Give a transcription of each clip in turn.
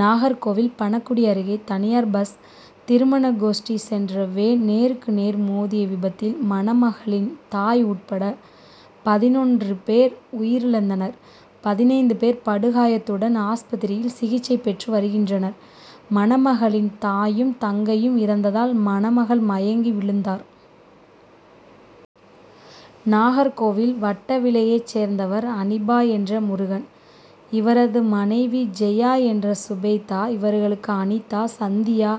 நாகர்கோவில் பணக்குடி அருகே தனியார் பஸ் திருமண கோஷ்டி சென்ற வேன் நேருக்கு நேர் மோதிய விபத்தில் மணமகளின் தாய் உட்பட பதினொன்று பேர் உயிரிழந்தனர். பதினைந்து பேர் படுகாயத்துடன் ஆஸ்பத்திரியில் சிகிச்சை பெற்று வருகின்றனர். மணமகளின் தாயும், தங்கையும் இறந்ததால் மணமகள் மயங்கி விழுந்தார். நாகர்கோவில் வட்டவிளையை சேர்ந்தவர் அனிபா என்ற முருகன். இவரது மனைவி ஜெயா என்ற சுபேதா. இவர்களுக்கு அனிதா, சந்தியா,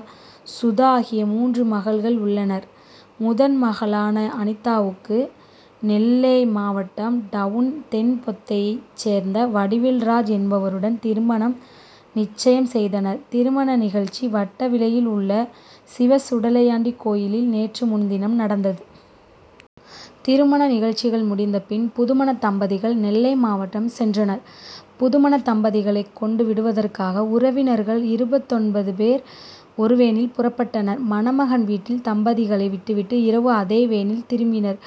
சுதா ஆகிய மூன்று மகள்கள் உள்ளனர். முதல் மகளான அனிதாவுக்கு நெல்லை மாவட்டம் டவுண் தென்பொத்தையை சேர்ந்த வடிவேல்ராஜ் என்பவருடன் திருமணம் நிச்சயம் செய்தனர். திருமண நிகழ்ச்சி வட்டவிளையில் உள்ள சிவசுடலையாண்டி கோயிலில் நேற்று முன்தினம் நடந்தது. திருமண நிகழ்ச்சிகள் முடிந்த பின் புதுமணத்தம்பதிகள் நெல்லை மாவட்டம் சென்றனர். புதுமணத்தம்பதிகளை கொண்டு விடுவதற்காக உறவினர்கள் இருபத்தொன்பது பேர் ஒரு வேனில் புறப்பட்டனர். மணமகன் வீட்டில் தம்பதிகளை விட்டுவிட்டு இரவு அதே வேனில் திரும்பினர்.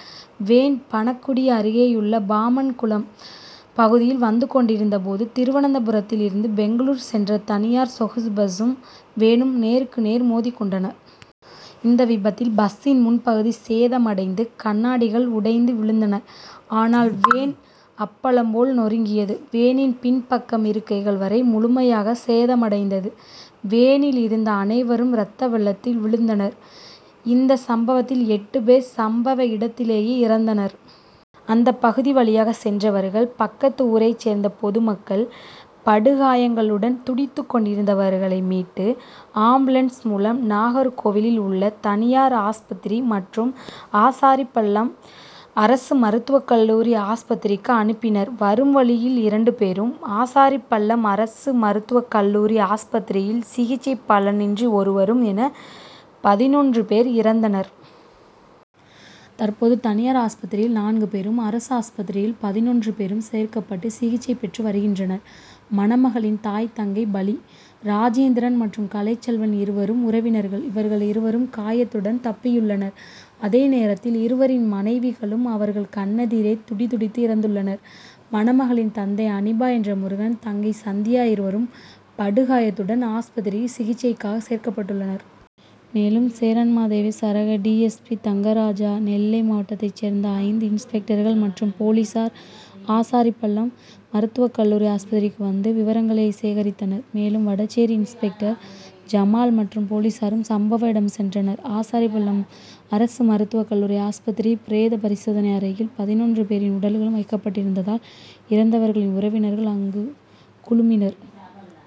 வேன் பணக்குடி அருகேயுள்ள பாம்பன்குளம் பகுதியில் வந்துக்கொண்டிருந்த போது திருவனந்தபுரத்தில் இருந்து பெங்களூர் சென்ற தனியார் சொகுசு பஸ்சும் வேனும் நேருக்கு நேர் மோதிக்கொண்டன. இந்த விபத்தில் பஸ்சின் முன் பகுதி சேதமடைந்து கண்ணாடிகள் உடைந்து விழுந்தன. ஆனால் வேன் அப்பளம் போல் நொருங்கியது. வேனின் பின் பக்க இருக்கைகள் வரை முழுமையாக சேதமடைந்தது. வேனில் இருந்த அனைவரும் ரத்தவெள்ளத்தில் விழுந்தனர். இந்த சம்பவத்தில் எட்டு பேர் சம்பவ இடத்திலேயே இறந்தனர். அந்த பகுதி வழியாக சென்றவர்கள், பக்கத்து ஊரை சேர்ந்த பொதுமக்கள் படுகாயங்களுடன் துடித்துக்கொண்டிருந்தவர்களை மீட்டு ஆம்புலன்ஸ் மூலம் நாகர்கோவிலில் உள்ள தனியார் ஆஸ்பத்திரி மற்றும் ஆசாரிபள்ளம் அரசு மருத்துவ கல்லூரி ஆஸ்பத்திரிக்கு அனுப்பினர். வரும் வழியில் இரண்டு பேரும், ஆசாரிபள்ளம் அரசு மருத்துவ கல்லூரி ஆஸ்பத்திரியில் சிகிச்சை பலனின்றி ஒருவரும் என பதினொன்று பேர் இறந்தனர். தற்போது தனியார் ஆஸ்பத்திரியில் நான்கு பேரும், அரசு ஆஸ்பத்திரியில் பதினொன்று பேரும் சேர்க்கப்பட்டு சிகிச்சை பெற்று வருகின்றனர். மணமகளின் தாய், தங்கை பலிராஜேந்திரன் மற்றும் கலைச்செல்வன் இருவரும் உறவினர்கள். இவர்கள் இருவரும் காயத்துடன் தப்பியுள்ளனர். அதேநேரத்தில் இருவரின் மனைவிகளும் அவர்கள் கண்ணெதிரே துடிதுடித்து இறந்துள்ளனர். மணமகளின் தந்தை அனீபா என்ற முருகன், தங்கை சந்தியா இருவரும் படுகாயத்துடன் ஆஸ்பத்திரியில் சிகிச்சைக்காக சேர்க்கப்பட்டுள்ளனர். மேலும் சேரன்மாதேவி சரக D. S. P. Thangaraja, Nellai மாவட்டத்தை சேர்ந்த ஐந்து இன்ஸ்பெக்டர்கள் மற்றும் போலீசார் ஆசாரிபள்ளம் மருத்துவ கல்லூரி ஆஸ்பத்திரிக்கு வந்து விவரங்களை சேகரித்தனர். மேலும் வடசேரி இன்ஸ்பெக்டர் ஜமால் மற்றும் போலீசாரும் சம்பவ இடம் சென்றனர். ஆசாரிபள்ளம் அரசு மருத்துவ கல்லூரி ஆஸ்பத்திரி பிரேத பரிசோதனை அறையில் பதினொன்று பேரின் உடல்களும் வைக்கப்பட்டிருந்ததால் இறந்தவர்களின் உறவினர்கள் அங்கு குழுமினர்.